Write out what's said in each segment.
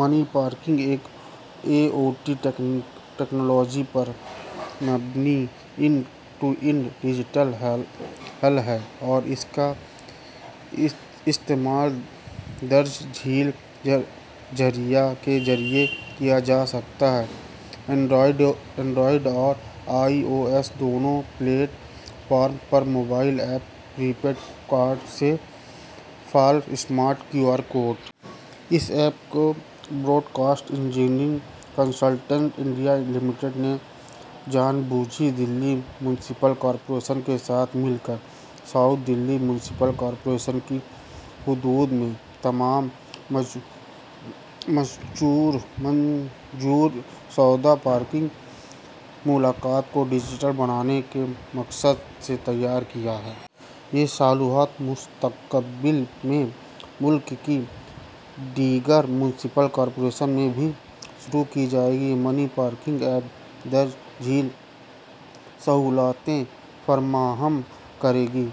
مائی parkings ایک I O T technology پر مبنی اینڈ ٹو اینڈ ڈیجیٹل حل ہے اور اس کا استعمال درج ذیل ذرائع کے ذریعے کیا جا سکتا ہے۔ اینڈرائیڈ اور آئی او ایس دونوں پلیٹ فارمز پر mobile app, prepaid card سے فعال اسمارٹ کیو آر کوڈ۔ اس ایپ کو broadcast engineering consultants India limited نے جنوبی دہلی میونسپل کارپوریشن کے ساتھ مل کر ساؤتھ دہلی میونسپل کارپوریشن کی حدود میں تمام منظور شدہ پارکنگ مقامات کو ڈیجیٹل بنانے کے مقصد سے تیار کیا ہے۔ یہ سہولت مستقبل میں ملک کی دیگر میونسپل کارپوریشنز میں بھی شروع کی جائے گی۔ مائی پارکنگس ایپ درج ذیل سہولتیں فراہم کرے گی۔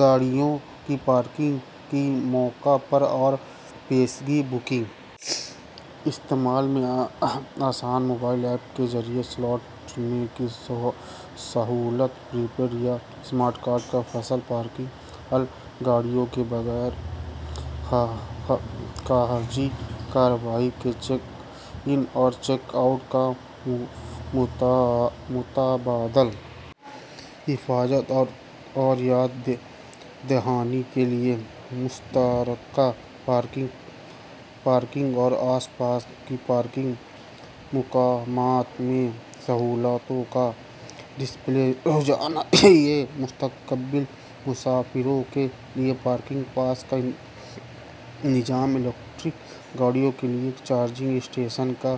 گاڑیوں کی پارکنگ کی موقع پر اور پیشگی بکنگ، استعمال میں آسان موبائل ایپ کے ذریعے سلاٹ چننے کی سہولت، پری پیڈ یا اسمارٹ کارڈ سے فعال پارکنگ حل، گاڑیوں کے بغیر کاغذی کارروائی کے چیک اِن اور چیک آؤٹ کا متبادل، حفاظت اور یاد دہانی کے لیے مشترکہ پارکنگ، پارکنگ اور آس پاس کے پارکنگ مقامات میں سہولتوں کا ڈسپلے، روزانہ یا مستقل مسافروں کے لیے پارکنگ پاس کا نظم، الیکٹرک گاڑیوں کے لیے چارجنگ اسٹیشن کا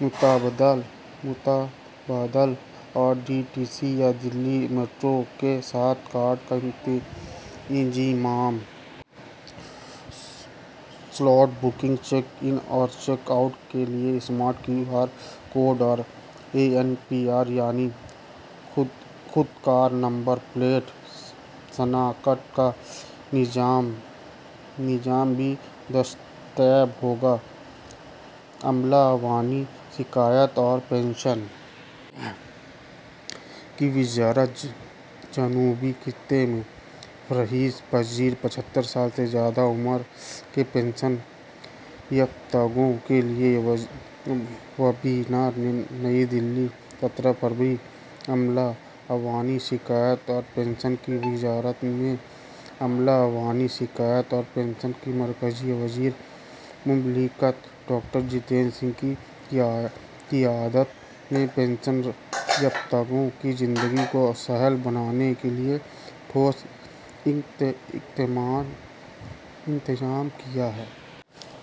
متبادل، اور ڈی ٹی سی یا دہلی میٹرو کے ساتھ کارڈ کا انضمام۔ سلاٹ بکنگ، چیک اِن اور چیک آؤٹ کے لیے اسمارٹ کیو آر کوڈ اور اے این پی آر، یعنی خودکار نمبر پلیٹ شناخت کا نظام بھی دستیاب ہوگا۔ عملہ، عوامی شکایات اور پنشن کی وزارت جنوبی خطے میں رہائش پذیر پچھتر سال سے زیادہ عمر کے پنشن یافتگان کے لیے ویبینار نئی دہلی، سترہ فروری: عملہ، عوامی شکایات اور پنشن کی وزارت نے عملہ، عوامی شکایات اور پنشن کے مرکزی وزیر مملکت ڈاکٹر جتیندر سنگھ کی قیادت میں پنشن یافتگان کی زندگی کو سہل بنانے کے لیے ٹھوس اقدامات کیے ہیں۔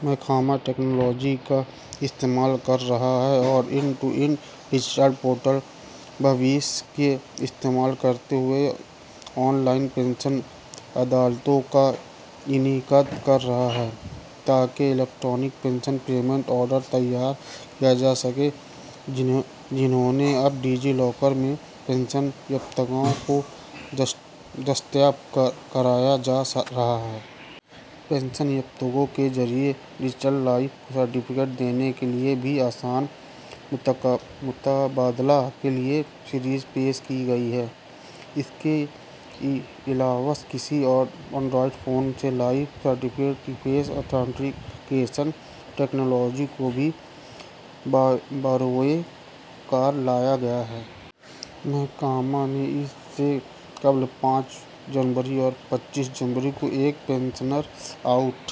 محکمہ ٹیکنالوجی کا استعمال کر رہا ہے اور end to end digital portal Bhavishya کا استعمال کرتے ہوئے آن لائن پنشن عدالتوں کا انعقاد کر رہا ہے، تاکہ الیکٹرانک پنشن پیمنٹ آرڈر تیار کیے جا سکیں، جنہیں اب ڈیجی لاکر میں پنشن یافتگان کو دستیاب کرایا جا رہا ہے۔ پنشن یافتگان کے ذریعے ڈیجیٹل لائف سرٹیفکیٹ دینے کے لیے بھی آسان متبادل کی ایک سیریز پیش کی گئی ہے۔ اس کے علاوہ کسی اینڈرائیڈ فون سے لائف سرٹیفکیٹ کی فیس ایتھنٹیکیشن تکنیک کو بھی بروئے کار لایا گیا ہے۔ محکمہ نے اس سے قبل پانچ جنوری اور پچیس جنوری کو ایک پنشنر آؤٹ۔۔۔